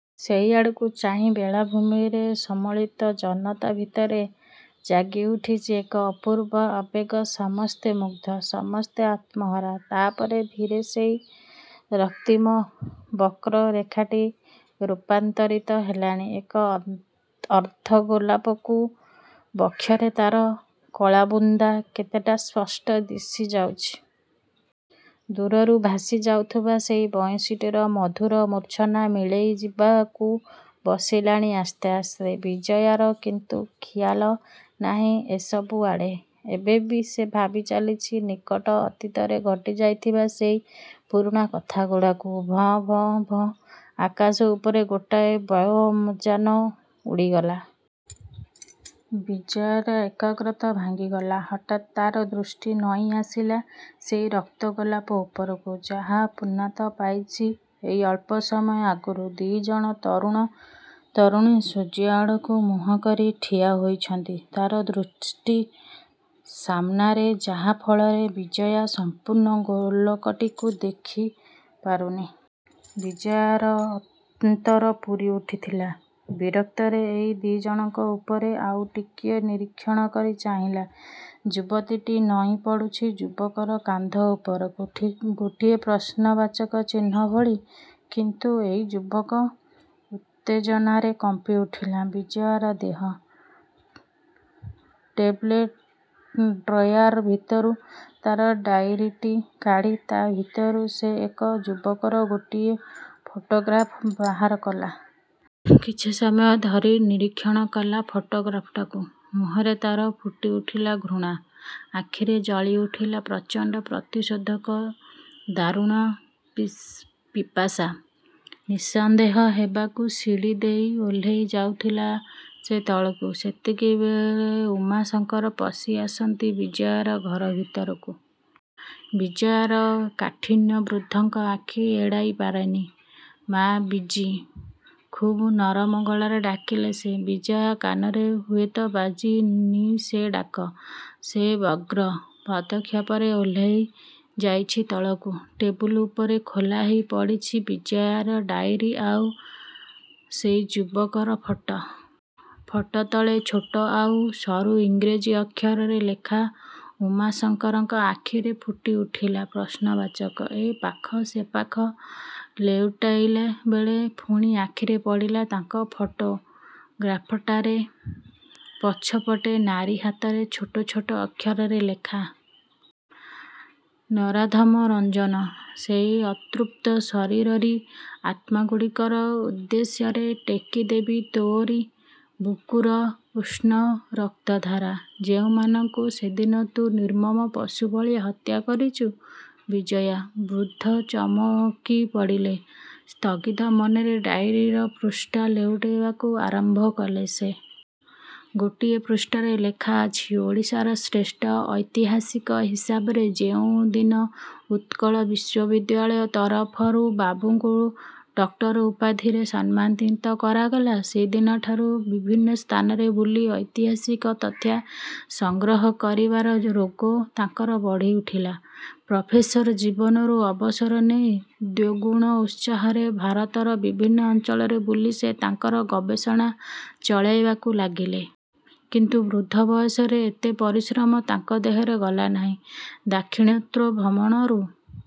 ସେଇଆଡ଼କୁ ଚାହିଁ ବେଳାଭୂମିରେ ସମଳିତ ଜନତା ଭିତରେ ଜାଗି ଉଠିଛି ଏକ ଅପୂର୍ବ ଆବେଗ ସମସ୍ତେ ମୁଗ୍ଧ। ସମସ୍ତେ ଆତ୍ମହରା। ତା' ପରେ…। ଧୀରେ ସେଇ ରକ୍ତିମ ବକ୍ର ରେଖାଟି ରୂପାନ୍ତରୀତ ହେଲାଣି ଏକ ଅର୍ଦ୍ଧ ଗୋଲକକୁ। ବକ୍ଷରେ ତା'ର କଳାବୁନ୍ଦା କେତେଟା ସ୍ପଷ୍ଟ ଦିଶି ଯାଉଚି। ଦୂରରୁ ଭାଷି ଆସୁଥିବା ସେଇ ବଂଶୀଟିର ମଧୁର ମୂର୍ଚ୍ଛନା ମିଳେଇ ଯିବାକୁ ବସିଲାଣି ଆସ୍ତେ ଆସ୍ତେ। ବିଜୟାର କିନ୍ତୁ ଖିଆଲ ନାଇଁ ଏସବୁ ଆଡ଼େ। ଏବେ ବି ସେ ଭାବି ଚାଲିଚି ନିକଟ ଅତୀତରେ ଘଟିଯାଇଥିବା ସେଇ ପୁରୁଣାକଥାଗୁଡ଼ାକୁ। ଭଁ, ଭଁ ଅଁ, ଭଁ ଅଁ… ଆକାଶ ଉପରେ ଗୋଟାଏ ବ୍ୟେମଯାନ ଉଡ଼ିଗଲା। ବିଜୟାର ଏକାଗ୍ରତ ଭାଙ୍ଗିଗଲା। ହଠାତ୍ ତା'ର ଦୃଷ୍ଟି ନଇଁ ଆସିଲା ସେଇ ରକ୍ତ ଗୋଲକ ଉପରକୁ। ଯାହା ପୂର୍ଣ୍ଣତା ପାଇଚି ଏଇ ଅଳ୍ପ ସମୟ ଆଗରୁ। ଦି'ଜଣ ତରୁଣ ତରୁଣୀ ସୂର୍ଯ୍ୟଆଡ଼କୁ ମୁହଁ କରି ଠିଆ ହୋଇଛନ୍ତି ତା'ର ଦୃଷ୍ଟି ସାମନାରେ। ଯାହା ଫଳରେ ବିଜୟା ସଂପୂର୍ଣ୍ଣ ଗୋଲକଟିକୁ ଦେଖି ପାରୁନି। ବିଜୟାର ଅନ୍ତର ପୁରି ଉଠୁଥିଲା—ବିରକ୍ତରେ ଏଇ ଦି'ଜଣଙ୍କ ଉପରେ। ଆଉ ଟିକିଏ ନିରୀକ୍ଷଣ କରି ଚାହିଁଲା। ଯୁବତୀଟି ନଇଁ ପଡ଼ୁଚି ଯୁବକର କାନ୍ଧ ଉପରକୁ ଠିକ୍ ଗୋଟିଏ ପ୍ରଶ୍ନ ବାଚକଚିହ୍ନ ଭଳି। କିନ୍ତୁ ଏଇ ଯୁବକ…..। ଉତ୍ତେଜନାରେ କମ୍ପି ଉଠିଲା, ବିଜୟାର ଦେହ। ଟେବ୍ଲ ଡ୍ରୟାର ଭିତରୁ ତା' ଡାଇରିଟି କାଢ଼ି ତା'ଭିତରୁ ସେ ଏକ ଯୁବକର ଗୋଟିଏ ଫଟୋଗ୍ରାଫ ବାହାର କଲା। କିଛିସମୟ ଧରି ନିରୀକ୍ଷଣ କଲା ଫଟୋଗ୍ରାଫଟିକୁ। ମୁହଁରେ ତା'ର ଫୁଟି ଉଠିଲା ଘୃଣା। ଆଖିରେ ଜଳି ଉଠିଲା ପ୍ରଚଣ୍ତ ପ୍ରତିଶୋଧର ଦାରୁଣ ପିପାସା। ନିଃସନ୍ଦେହ ହେବାକୁ ସିଡ଼ି ଦେଇ ଓହ୍ଲେଇ ଯାଉଥିଲା ସେ ତଳକୁ, ଏତିକି ବେଳେ ଉମାଶଙ୍କର ପଶି ଆସିଛନ୍ତି ବିଜୟାର ଘର ଭିତରକୁ। ବିଜୟାର କାଠିନ୍ୟ ବୃଦ୍ଧଙ୍କ ଆଖି ଏଡ଼ାଇ ପାରିନି। "ମା, ବିଜୀ! '' ଖୁବ୍ ନରମ ଗଳାରେ ଡାକିଲେ ସେ। ବିଜୟା କାନରେ ହୁଏତ ବାଜି ନି ସେ ଡାକ। ସେ ବ୍ୟଗ୍ର, ପଦକ୍ଷେପରେ ଓହ୍ଲେଇ ଯାଇଛି ତଳକୁ। ଟେବୁଲ୍ ଉପରେ ଖୋଲା ହେଇ ପଡ଼ିଚି ବିଜିୟାର ଡାଇରୀ ଆଉ ସେଇ ଯୁବକର ଫଟୋ। ଫଟୋ ତଳେ ଛୋଟ ଆଉ ସରୁ ଇଂରେଜୀ ଅକ୍ଷରରେ ଲେଖା— ''" ଉମାଶଙ୍କରଙ୍କ ଆଖିରେ ଫୁଟି ଉଠିଲା ପ୍ରଶ୍ନବାଚକ। ଏ ପାଖ ସେପାଖ ଲେଉଟାଇଲା ବେଳେ ପୁଣି ଆଖିରେ ପଡ଼ିଲା ତାଙ୍କର ଫଟୋ ଗ୍ରାଫେ୍ଟାରେ ପଛ ପଟେ ନାରୀ ହାତରେ ଛୋଟ ଛୋଟ ଅକ୍ଷରରେ ଲେଖା। "ନରାଧମ ରଞ୍ଜନ, ସେଇ ଅତୃପ୍ତ, ଅଶରିରୀ ଆତ୍ମାଗୁଡ଼ିକର ଉଦ୍ଦେଶ୍ୟରେ ଟେକି ଦେବି ତୋ'ରି ବୁକୁର ଉଷ୍ଣ ରକ୍ତ ଧାରା, ଯେଉଁମାନଙ୍କୁ ସେଦିନ ତୁ ନିର୍ମ୍ମମ ପଶୁ ଭଳି ହତ୍ୟା କରିଚୁ। ବିଜୟା। '' ବୃଦ୍ଧ ଚମକି ପଡ଼ିଲେ। ସନ୍ଦିଗ୍ଧ ମନରେ ଡାଇରୀର ପୃଷ୍ଠା ଲେଉଟାଇବାକୁ ଆରମ୍ଭ କଲେ ସେ। ଗୋଟାଏ ପୃଷ୍ଠାରେ ଲେଖା ଅଛି। "ଓଡ଼ିଶାର ଶ୍ରେଷ୍ଠ ଐତିହାସିକ ହିସାବରେ ଯେଉଁଦିନ ଉତ୍କଳ ବିଶ୍ଵବିଦ୍ୟାଳୟ ତରଫରୁ ବାବାଙ୍କୁ ଡକ୍ଟର ଉପାଧିରେ ସମ୍ମାନିତ କରାଗଲା, ସେହି ଦିନଠାରୁ ବିଭିନ୍ନ ସ୍ଥାନ ବୁଲି ଐତିହାସିକ ତଥ୍ୟ ସଂଗ୍ରହ କରିବାର ରୋଗ ତାଙ୍କର ବଢ଼ି ଉଠିଲା। ପ୍ରଫେସର ଜୀବନରୁ ଅବସର ନେଇ, ଦ୍ଵିଗୁଣ ଉତ୍ସାହରେ ଭାରତର ବିଭିନ୍ନ ଅଞ୍ଚଳ ବୁଲି ସେ ତାଙ୍କର ଗବେଷଣା ଚଳାଇବାକୁ ଲାଗିଲେ। କିନ୍ତୁ ବୃଦ୍ଧ ବୟସରେ ଏତେ ପରିଶ୍ରମ ତାଙ୍କ ଦେହରେ ଗଲା ନାହିଁ। ଦାକ୍ଷିଣାତ୍ୟ ଭ୍ରମଣରୁ